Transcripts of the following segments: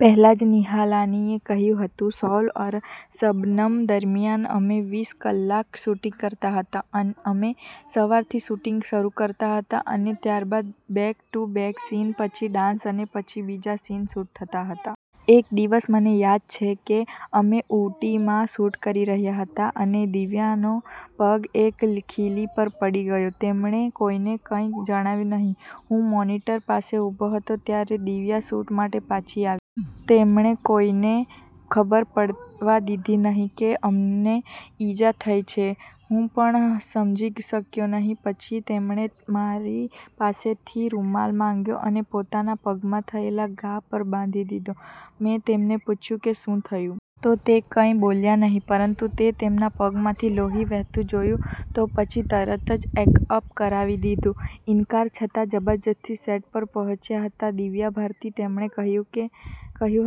પહલાજ નિહલાનીએ કહ્યું હતું, " 'શોલ ઔર શબનમ' દરમિયાન અમે વીસ કલાક શૂટિંગ કરતા હતા. અમે સવારથી શૂટિંગ શરૂ કરતા હતા અને ત્યારબાદ બેક ટુ બેક સીન, પછી ડાન્સ અને પછી બીજા સીન શૂટ થતા હતા. એક દિવસ મને યાદ છે કે અમે ઊટીમાં શૂટ કરી રહ્યા હતા, અને દિવ્યાનો પગ એક ખીલી પર પડી ગયો. તેમણે કોઈને કંઈ જણાવ્યું નહીં. હું મોનિટર પાસે ઊભો હતો, જ્યારે દિવ્યા શૂટ માટે પાછી આવી. તેમણે કોઈને ખબર પડવા દીધી નહીં કે તેમને ઈજા થઈ છે. હું પણ સમજી શક્યો નહીં, પછી તેમણે મારી પાસેથી રૂમાલ માંગ્યો અને પોતાના પગમાં થયેલા ઘા પર બાંધી લીધો." મેં તેમને પૂછ્યું કે, શું થયું? તો તે કંઈ બોલ્યા નહીં, પરંતુ મેં તેમના પગમાંથી લોહી વહેતું જોયું તો પછી તરત જ પેકઅપ કરાવી દીધું." ઇનકાર છતાં જબરદસ્તી સેટ પર પહોંચ્યા હતા દિવ્યા ભારતી. તેમણે કહ્યું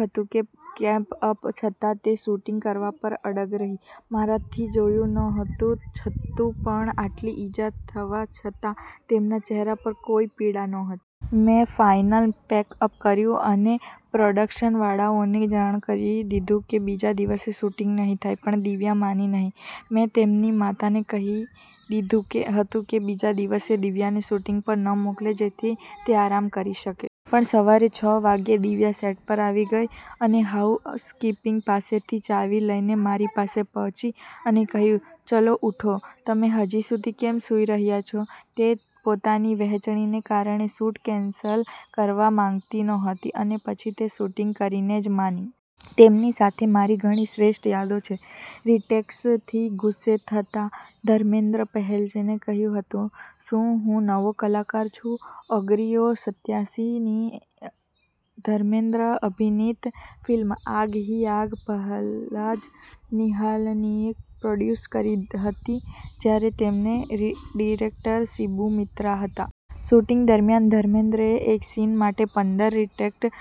હતું કે, "પેકઅપ છતાં તે શૂટિંગ કરવા પર અડગ રહી, મારાથી જોયું નહોતું જતું પણ આટલી ઈજા થવા છતાં તેમના ચહેરા પર કોઈ પીડા નહોતી. મેં ફાઇનલ પેકઅપ કર્યું અને પ્રોડક્શનવાળાઓને જાણ કરી દીધી કે બીજા દિવસે શૂટિંગ નહીં થાય પણ દિવ્યા માની નહીં. મેં તેમની માતાને કહી દીધું હતું કે બીજા દિવસે દિવ્યાને શૂટિંગ પર ન મોકલે જેથી તે આરામ કરી શકે. પણ સવારે છ વાગ્યે, દિવ્યા સેટ પર આવી ગઈ, અને હાઉસ-કીપિંગ પાસેથી ચાવી લઈને મારી પાસે પહોંચી, અને કહ્યું, 'ચલો ઉઠો, તમે હજી સુધી કેમ સૂઈ રહ્યા છો?' તે પોતાની વહેંચણીને કારણે શૂટ કેન્સલ કરવા માંગતી નહોતી અને પછી તે શૂટિંગ કરીને જ માની. તેમની સાથે મારી ઘણી શ્રેષ્ઠ યાદો છે." રીટેકથી ગુસ્સે થયા ધર્મેન્દ્ર પહેલજને કહ્યું હતું, "શું હું નવો કલાકાર છું?" ઓગરીસો સત્યાસી ની ધર્મેન્દ્ર અભિનીત ફિલ્મ 'આગ હી આગ' પહલાજ નિહલાનીએ પ્રોડ્યુસ કરી હતી, જ્યારે તેમના ડિરેક્ટર શિબુ મિત્રા હતા. શૂટિંગ દરમિયાન ધર્મેન્દ્રને એક સીન માટે પંદર રીટેક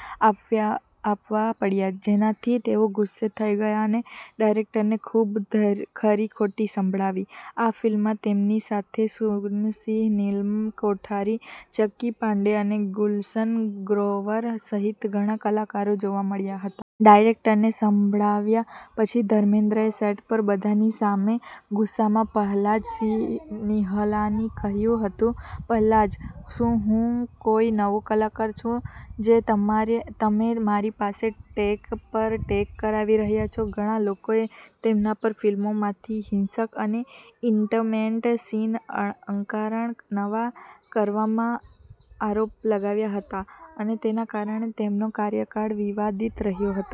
આપવા પડ્યા, જેનાથી તેઓ ગુસ્સે થઈ ગયા અને ડિરેક્ટરને ખૂબ ખરી-ખોટી સંભળાવી. આ ફિલ્મમાં તેમની સાથે શત્રુઘ્ન સિંહા, નીલમ કોઠારી, ચંકી પાંડે અને ગુલશન ગ્રોવર સહિત ઘણા કલાકારો જોવા મળ્યા હતા. ડિરેક્ટરને સંભળાવ્યા પછી ધર્મેન્દ્રએ સેટ પર બધાની સામે ગુસ્સામાં પહલાજ નિહલાનીને કહ્યું હતું- "પહલાજ, શું હું કોઈ નવો કલાકાર છું? જે તમે મારી પાસે ટેક પર ટેક કરાવી રહ્યા છો." ઘણા લોકોએ તેમના પર ફિલ્મોમાંથી હિંસક અને ઇન્ટિમેટ સીન અકારણ નાના કરવાના આરોપો લગાવ્યા હતા અને તેના કારણે તેમનો કાર્યકાળ વિવાદિત રહ્યો હતો.